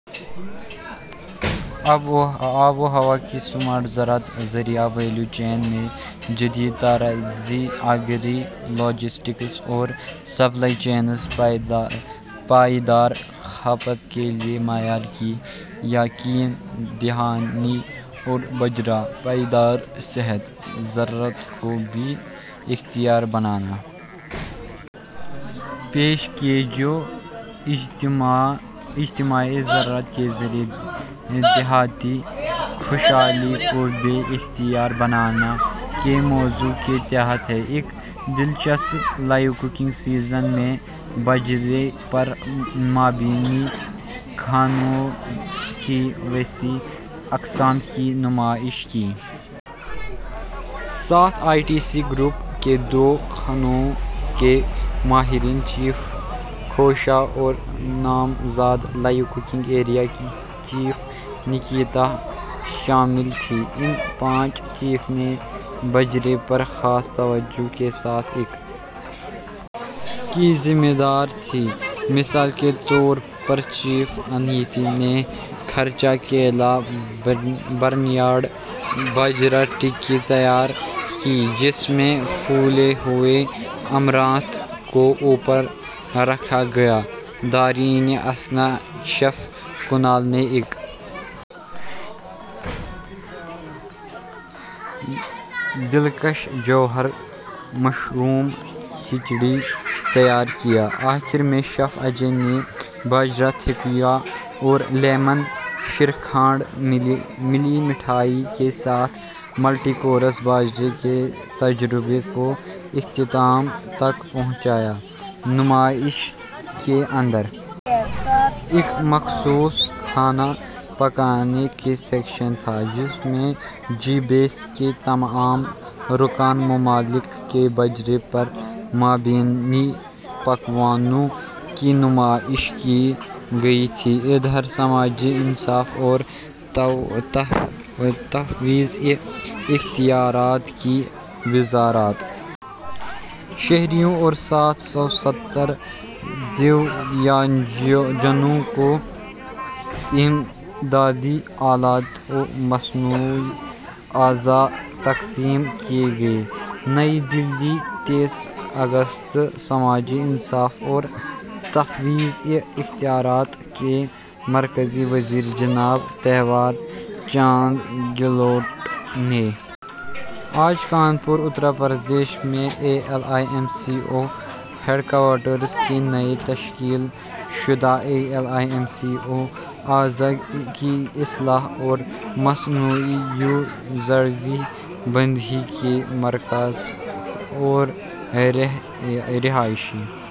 آب و ہوا کی اسمارٹ زراعت زرعی ویلیو چین میں جدت طرازی ایگری لاجسٹکس اور سپلائی چینز پائیدار کھپت کے لیے معیار کی یقین دہانی اور باجرا پائیدار صحت زراعت کو بااختیار بنانا پیش کیا جو اجتماعی زراعت کے ذریعے دیہی خوشحالی کو بااختیار بنانا کے موضوع کے تحت ہیں ایک دلچسپ لائیو ککنگ سیشن میں باجرے پر مبنی کھانوں کی وسیع اقسام کی نمائش کی ساتھ آئی ٹی سی گروپ کے دو کھانوں کے ماہرین شیف کوشا اور نامزد لائیو ککنگ ایریا کے شیف نیکیتا شامل تھیں ان پانچ شیف نے باجرے پر خصوصی توجہ کے ساتھ ایک کے ذمہ دار تھے مثال کے طور پر شیف اناہیتا نے کچا کیلا برنارڈ باجرا ٹکی تیار کی جس میں پھولے ہوئے امرانتھ کو اوپر رکھا گیا دریں اثنا شیف کنال نے ایک دلکش جوار مشروم کھچڑا تیار کیا آخر میں شیف اجے نے باجرا ٹھیکوا اور لیموں شری کھنڈ ملی مٹھائی کے ساتھ ملٹی کورس باجرے کے تجربے کو اختتام تک پہنچایا نمائش کے اندر ایک مخصوص کھانا پکانے کا سیکشن تھا جس میں جی بیس کے تمام رکن ممالک کے باجرے پر مبنی پکوانوں کی نمائش کی گئی تھی ادھر سماجی انصاف اور تفویض اختیارات کی وزارت شہریوں اور سات سو ستر دویانگ جنوں کو امدادی آلات و مصنوعی اعضا تقسیم کیے گئے نئی دہلی تئیس اگست سماجی انصاف اور تفویض اختیارات کے مرکزی وزیر جناب تھاور چند گہلوت نے آج کانپور اتر پردیش میں ایلمکو ہیڈ کوارٹرز کے نو تشکیل شدہ ایلمکو اعضا کی اصلاح اور مصنوعی عضو بندی کے مرکز اور رہائشی